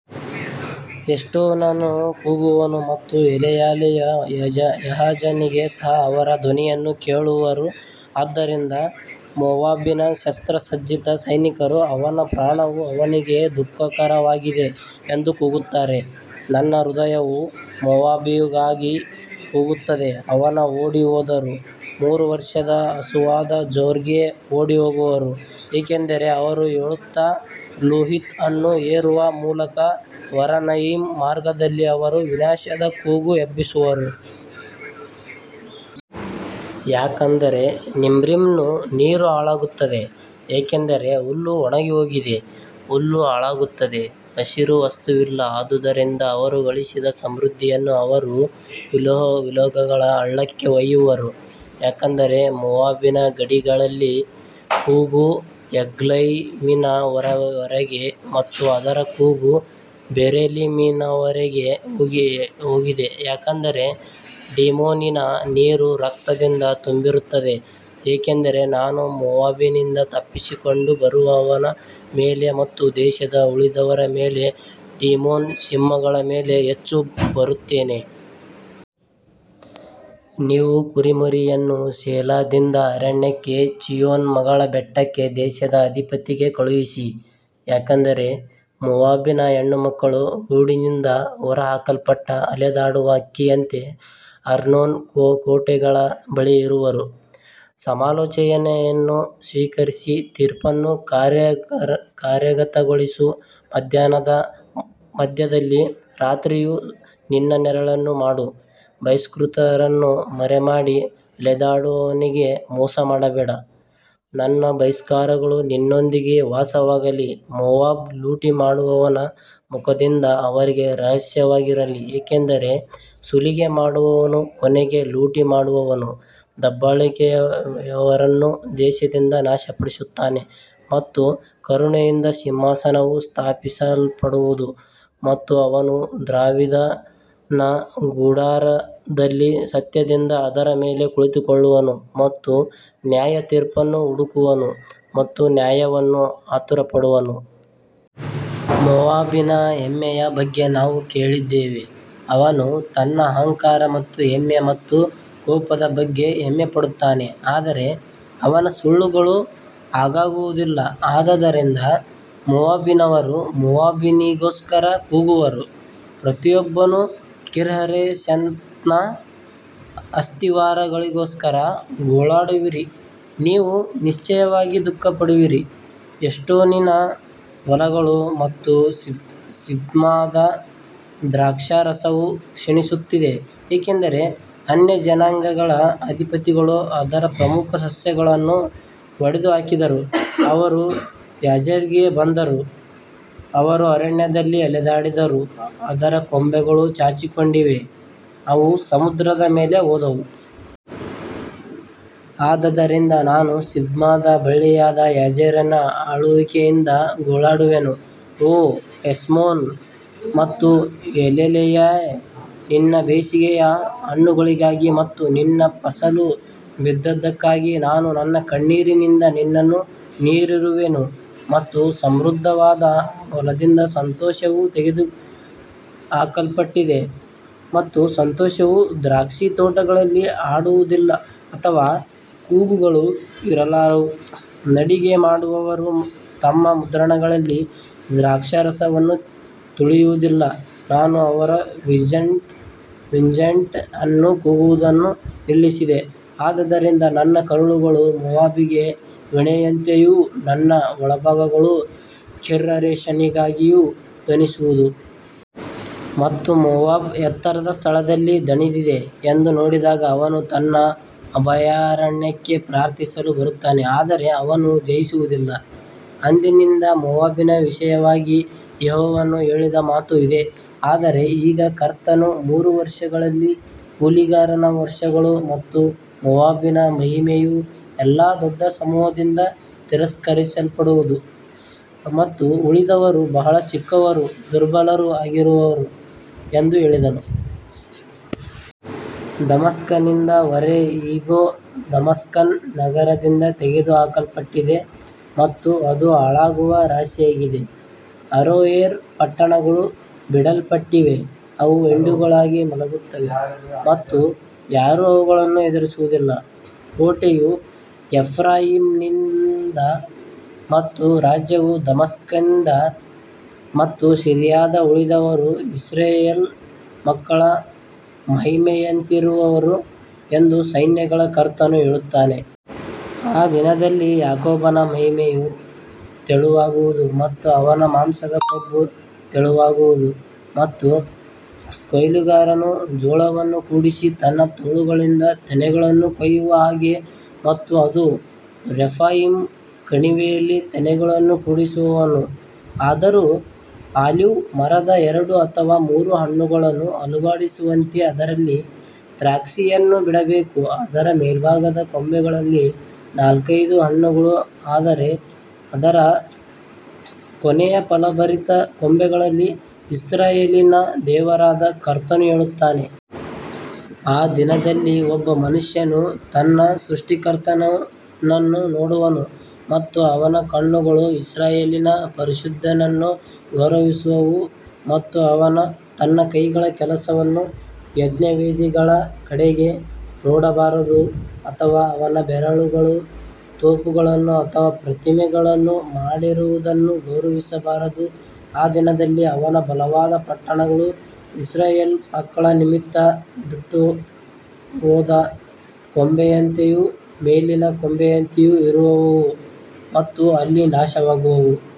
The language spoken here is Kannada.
ಹೆಷ್ಬೋನನು ಕೂಗುವನು ಮತ್ತು ಎಲೆಯಾಲೆಯು ಯಹಾಜನಿಗೆ ಸಹ ಅವರ ಧ್ವನಿಯನ್ನು ಕೇಳುವರು, ಆದ್ದರಿಂದ ಮೋವಾಬಿನ ಶಸ್ತ್ರಸಜ್ಜಿತ ಸೈನಿಕರು ಅವನ ಪ್ರಾಣವು ಅವನಿಗೆ ದುಃಖಕರವಾಗಿದೆ ಎಂದು ಕೂಗುತ್ತಾರೆ. ನನ್ನ ಹೃದಯವು ಮೋವಾಬಿಗಾಗಿ ಕೂಗುತ್ತದೆ, ಅವನ ಓಡಿಹೋದವರು ಮೂರು ವರ್ಷದ ಹಸುವಾದ ಜೋರ್ಗೆ ಓಡಿಹೋಗುವರು, ಏಕೆಂದರೆ ಅವರು ಅಳುತ್ತಾ ಲುಹಿತ್ ಅನ್ನು ಏರುವ ಮೂಲಕ ಹೊರನಯಿಮ್ ಮಾರ್ಗದಲ್ಲಿ ಅವರು ವಿನಾಶದ ಕೂಗು ಎಬ್ಬಿಸುವರು. ಯಾಕಂದರೆ ನಿಮ್ರಿಮ್ನ ನೀರು ಹಾಳಾಗುತ್ತದೆ, ಏಕೆಂದರೆ ಹುಲ್ಲು ಒಣಗಿಹೋಗಿದೆ, ಹುಲ್ಲು ಹಾಳಾಗುತ್ತದೆ, ಹಸಿರು ವಸ್ತುವಿಲ್ಲ ಆದುದರಿಂದ ಅವರು ಗಳಿಸಿದ ಸಮೃದ್ಧಿಯನ್ನು ಅವರು ವಿಲೋಗಳ ಹಳ್ಳಕ್ಕೆ ಒಯ್ಯುವರು. ಯಾಕಂದರೆ ಮೋವಾಬಿನ ಗಡಿಗಳಲ್ಲಿ ಕೂಗು ಎಗ್ಲೈಮಿನ ವರೆಗೆ ಮತ್ತು ಅದರ ಕೂಗು ಬೆರೇಲಿಮಿನವರೆಗೆ ಹೋಗಿದೆ. ಯಾಕಂದರೆ ಡಿಮೋನಿನ ನೀರು ರಕ್ತದಿಂದ ತುಂಬಿರುತ್ತದೆ ಏಕೆಂದರೆ ನಾನು ಮೋವಾಬಿನಿಂದ ತಪ್ಪಿಸಿಕೊಂಡು ಬರುವವನ ಮೇಲೆ ಮತ್ತು ದೇಶದ ಉಳಿದವರ ಮೇಲೆ ಡಿಮೋನ್ ಸಿಂಹಗಳ ಮೇಲೆ ಹೆಚ್ಚು ಬರುತ್ತೇನೆ. ನೀವು ಕುರಿಮರಿಯನ್ನು ಸೇಲಾದಿಂದ ಅರಣ್ಯಕ್ಕೆ ಚೀಯೋನ್ ಮಗಳ ಬೆಟ್ಟಕ್ಕೆ ದೇಶದ ಅಧಿಪತಿಗೆ ಕಳುಹಿಸಿ. ಯಾಕಂದರೆ ಮೋವಾಬಿನ ಹೆಣ್ಣುಮಕ್ಕಳು ಗೂಡಿನಿಂದ ಹೊರಹಾಕಲ್ಪಟ್ಟ ಅಲೆದಾಡುವ ಹಕ್ಕಿಯಂತೆ ಅರ್ನೋನ್ ಕೋಟೆಗಳ ಬಳಿ ಇರುವರು. ಸಮಾಲೋಚನೆಯನ್ನು ಸ್ವೀಕರಿಸಿ ತೀರ್ಪನ್ನು ಕಾರ್ಯಗತಗೊಳಿಸು ಮಧ್ಯಾಹ್ನದ ಮಧ್ಯದಲ್ಲಿ ರಾತ್ರಿಯು ನಿನ್ನ ನೆರಳನ್ನು ಮಾಡು, ಬಹಿಷ್ಕೃತರನ್ನು ಮರೆಮಾಡಿ ಅಲೆದಾಡುವವನಿಗೆ ಮೋಸ ಮಾಡಬೇಡ ನನ್ನ ಬಹಿಷ್ಕಾರಗಳು ನಿನ್ನೊಂದಿಗೆ ವಾಸವಾಗಲಿ ಮೋವಾಬ್ ಲೂಟಿ ಮಾಡುವವನ ಮುಖದಿಂದ ಅವರಿಗೆ ರಹಸ್ಯವಾಗಿರಲಿ, ಏಕೆಂದರೆ ಸುಲಿಗೆ ಮಾಡುವವನು ಕೊನೆಗೆ ಲೂಟಿ ಮಾಡುವವನು ದಬ್ಬಾಳಿಕೆಯವರನ್ನು ದೇಶದಿಂದ ನಾಶಪಡಿಸುತ್ತಾನೆ ಮತ್ತು ಕರುಣೆಯಿಂದ ಸಿಂಹಾಸನವು ಸ್ಥಾಪಿಸಲ್ಪಡುವದು ಮತ್ತು ಅವನು ದಾವೀದನ ಗುಡಾರದಲ್ಲಿ ಸತ್ಯದಿಂದ ಅದರ ಮೇಲೆ ಕುಳಿತುಕೊಳ್ಳುವನು ಮತ್ತು ನ್ಯಾಯತೀರ್ಪನ್ನು ಹುಡುಕುವನು ಮತ್ತು ನ್ಯಾಯವನ್ನು ಆತುರಪಡುವನು. ಮೋವಾಬಿನ ಹೆಮ್ಮೆಯ ಬಗ್ಗೆ ನಾವು ಕೇಳಿದ್ದೇವೆ, ಅವನು ತನ್ನ ಅಹಂಕಾರ ಮತ್ತು ಹೆಮ್ಮೆ ಮತ್ತು ಕೋಪದ ಬಗ್ಗೆ ಹೆಮ್ಮೆಪಡುತ್ತಾನೆ ಆದರೆ ಅವನ ಸುಳ್ಳುಗಳು ಹಾಗಾಗುವುದಿಲ್ಲ. ಆದದರಿಂದ ಮೋವಾಬಿನವರು ಮೋವಾಬಿನಿಗೋಸ್ಕರ ಕೂಗುವರು, ಪ್ರತಿಯೊಬ್ಬನು ಕಿರ್ಹರೆಸೆತ್ನ ಅಸ್ತಿವಾರಗಳಿಗೋಸ್ಕರ ಗೋಳಾಡುವಿರಿ, ನೀವು ನಿಶ್ಚಯವಾಗಿ ದುಃಖಪಡುವಿರಿ. ಹೆಷ್ಬೋನಿನ ಹೊಲಗಳು ಮತ್ತು ಸಿಬ್ಮಾದ ದ್ರಾಕ್ಷಾರಸವು ಕ್ಷೀಣಿಸುತ್ತಿದೆ ಏಕೆಂದರೆ ಅನ್ಯಜನಾಂಗಗಳ ಅಧಿಪತಿಗಳು ಅದರ ಪ್ರಮುಖ ಸಸ್ಯಗಳನ್ನು ಒಡೆದುಹಾಕಿದರು, ಅವರು ಯಾಜೆರ್ಗೆ ಬಂದರು, ಅವರು ಅರಣ್ಯದಲ್ಲಿ ಅಲೆದಾಡಿದರು, ಅದರ ಕೊಂಬೆಗಳು ಚಾಚಿಕೊಂಡಿವೆ, ಅವು ಸಮುದ್ರದ ಮೇಲೆ ಹೋದವು. ಆದದರಿಂದ ನಾನು ಸಿಬ್ಮದ ಬಳ್ಳಿಯಾದ ಯಾಜೆರನ ಅಳುವಿಕೆಯಿಂದ ಗೋಳಾಡುವೆನು, ಓ ಹೆಷ್ಬೋನ್ ಮತ್ತು ಎಲೇಲೆಯೇ ನಿನ್ನ ಬೇಸಿಗೆಯ ಹಣ್ಣುಗಳಿಗಾಗಿ ಮತ್ತು ನಿನ್ನ ಫಸಲು ಬಿದ್ದದ್ದಕ್ಕಾಗಿ ನಾನು ನನ್ನ ಕಣ್ಣೀರಿನಿಂದ ನಿನ್ನನ್ನು ನೀರಿರುವೆನು. ಮತ್ತು ಸಮೃದ್ಧವಾದ ಹೊಲದಿಂದ ಸಂತೋಷವು ತೆಗೆದುಹಾಕಲ್ಪಟ್ಟಿದೆ ಮತ್ತು ಸಂತೋಷವು ದ್ರಾಕ್ಷಿತೋಟಗಳಲ್ಲಿ ಹಾಡುವದಿಲ್ಲ, ಅಥವಾ ಕೂಗುಗಳು ಇರಲಾರವು, ನಡಿಗೆ ಮಾಡುವವರು ತಮ್ಮ ಮುದ್ರಣಗಳಲ್ಲಿ ದ್ರಾಕ್ಷಾರಸವನ್ನು ತುಳಿಯುವುದಿಲ್ಲ, ನಾನು ಅವರ ವಿಂಟೇಜ್ ಅನ್ನು ಕೂಗುವುದನ್ನು ನಿಲ್ಲಿಸಿದೆ ಆದದರಿಂದ ನನ್ನ ಕರುಳುಗಳು ಮೋವಾಬಿಗೆ ವೀಣೆಯಂತೆಯೂ ನನ್ನ ಒಳಭಾಗಗಳು ಕಿರ್ಹರೇಷನಿಗಾಗಿಯೂ ಧ್ವನಿಸುವವು. ಮತ್ತು ಮೋವಾಬ್ ಎತ್ತರದ ಸ್ಥಳದಲ್ಲಿ ದಣಿದಿದೆ ಎಂದು ನೋಡಿದಾಗ ಅವನು ತನ್ನ ಅಭಯಾರಣ್ಯಕ್ಕೆ ಪ್ರಾರ್ಥಿಸಲು ಬರುತ್ತಾನೆ ಆದರೆ ಅವನು ಜಯಿಸುವುದಿಲ್ಲ. ಅಂದಿನಿಂದ ಮೋವಾಬಿನ ವಿಷಯವಾಗಿ ಯೆಹೋವನು ಹೇಳಿದ ಮಾತು ಇದೇ ಆದರೆ ಈಗ ಕರ್ತನು ಮೂರು ವರುಷಗಳಲ್ಲಿ ಕೂಲಿಗಾರನ ವರ್ಷಗಳು ಮತ್ತು ಮೋವಾಬಿನ ಮಹಿಮೆಯು ಎಲ್ಲಾ ದೊಡ್ಡ ಸಮೂಹದಿಂದ ತಿರಸ್ಕರಿಸಲ್ಪಡುವದು ಮತ್ತು ಉಳಿದವರು ಬಹಳ ಚಿಕ್ಕವರೂ ದುರ್ಬಲರೂ ಆಗಿರುವರು ಎಂದು ಹೇಳಿದನು. ದಮಸ್ಕನಿಂದ ಹೊರೆ ಇಗೋ, ದಮಸ್ಕನ್ನ ನಗರದಿಂದ ತೆಗೆದುಹಾಕಲ್ಪಟ್ಟಿದೆ ಮತ್ತು ಅದು ಹಾಳಾಗುವ ರಾಶಿಯಾಗಿದೆ ಅರೋಯೇರ್ ಪಟ್ಟಣಗಳು ಬಿಡಲ್ಪಟ್ಟಿವೆ, ಅವು ಹಿಂಡುಗಳಾಗಿ ಮಲಗುತ್ತವೆ ಮತ್ತು ಯಾರೂ ಅವುಗಳನ್ನು ಹೆದರಿಸುವುದಿಲ್ಲ. ಕೋಟೆಯು ಎಫ್ರಾಯೀಮ್ನಿಂದ ಮತ್ತು ರಾಜ್ಯವು ದಮಸ್ಕಿಂದ ಮತ್ತು ಸಿರಿಯಾದ ಉಳಿದವರು ಇಸ್ರಾಯೇಲ್ ಮಕ್ಕಳ ಮಹಿಮೆಯಂತಿರುವರು ಎಂದು ಸೈನ್ಯಗಳ ಕರ್ತನು ಹೇಳುತ್ತಾನೆ. ಆ ದಿನದಲ್ಲಿ ಯಾಕೋಬನ ಮಹಿಮೆಯು ತೆಳುವಾಗುವುದು ಮತ್ತು ಅವನ ಮಾಂಸದ ಕೊಬ್ಬು ತೆಳುವಾಗುವುದು. ಮತ್ತು ಕೊಯ್ಲುಗಾರನು ಜೋಳವನ್ನು ಕೂಡಿಸಿ ತನ್ನ ತೋಳುಗಳಿಂದ ತೆನೆಗಳನ್ನು ಕೊಯ್ಯುವ ಹಾಗೆ ಮತ್ತು ಅದು ರೆಫಾಯೀಮ್ ಕಣಿವೆಯಲ್ಲಿ ತೆನೆಗಳನ್ನು ಕೂಡಿಸುವವನು. ಆದರೂ, ಆಲಿವ್ ಮರದ ಎರಡು ಅಥವಾ ಮೂರು ಹಣ್ಣುಗಳನ್ನು ಅಲುಗಾಡಿಸುವಂತೆ ಅದರಲ್ಲಿ ದ್ರಾಕ್ಷಿಯನ್ನು ಬಿಡಬೇಕು, ಅದರ ಮೇಲ್ಭಾಗದ ಕೊಂಬೆಗಳಲ್ಲಿ ನಾಲ್ಕೈದು ಹಣ್ಣುಗಳು ಅದರ ಕೊನೆಯ ಫಲಭರಿತ ಕೊಂಬೆಗಳಲ್ಲಿ ಇಸ್ರಾಯೇಲಿನ ದೇವರಾದ ಕರ್ತನು ಹೇಳುತ್ತಾನೆ. ಆ ದಿನದಲ್ಲಿ ಒಬ್ಬ ಮನುಷ್ಯನು ತನ್ನ ಸೃಷ್ಟಿಕರ್ತನನ್ನು ನೋಡುವನು ಮತ್ತು ಅವನ ಕಣ್ಣುಗಳು ಇಸ್ರಾಯೇಲಿನ ಪರಿಶುದ್ಧನನ್ನು ಗೌರವಿಸುವವು ಮತ್ತು ಅವನು ತನ್ನ ಕೈಗಳ ಕೆಲಸವನ್ನು ಯಜ್ಞವೇದಿಗಳ ಕಡೆಗೆ ನೋಡಬಾರದು ಅಥವಾ ಅವನ ಬೆರಳುಗಳು ತೋಪುಗಳನ್ನು ಅಥವಾ ಪ್ರತಿಮೆಗಳನ್ನು ಮಾಡಿರುವುದನ್ನು ಗೌರವಿಸಬಾರದು. ಆ ದಿನದಲ್ಲಿ ಅವನ ಬಲವಾದ ಪಟ್ಟಣಗಳು ಇಸ್ರಾಯೇಲ್ ಮಕ್ಕಳ ನಿಮಿತ್ತ ಬಿಟ್ಟುಹೋದ ಕೊಂಬೆಯಂತೆಯೂ ಮೇಲಿನ ಕೊಂಬೆಯಂತೆಯೂ ಇರುವವು ಮತ್ತು ಅಲ್ಲಿ ನಾಶವಾಗುವವು.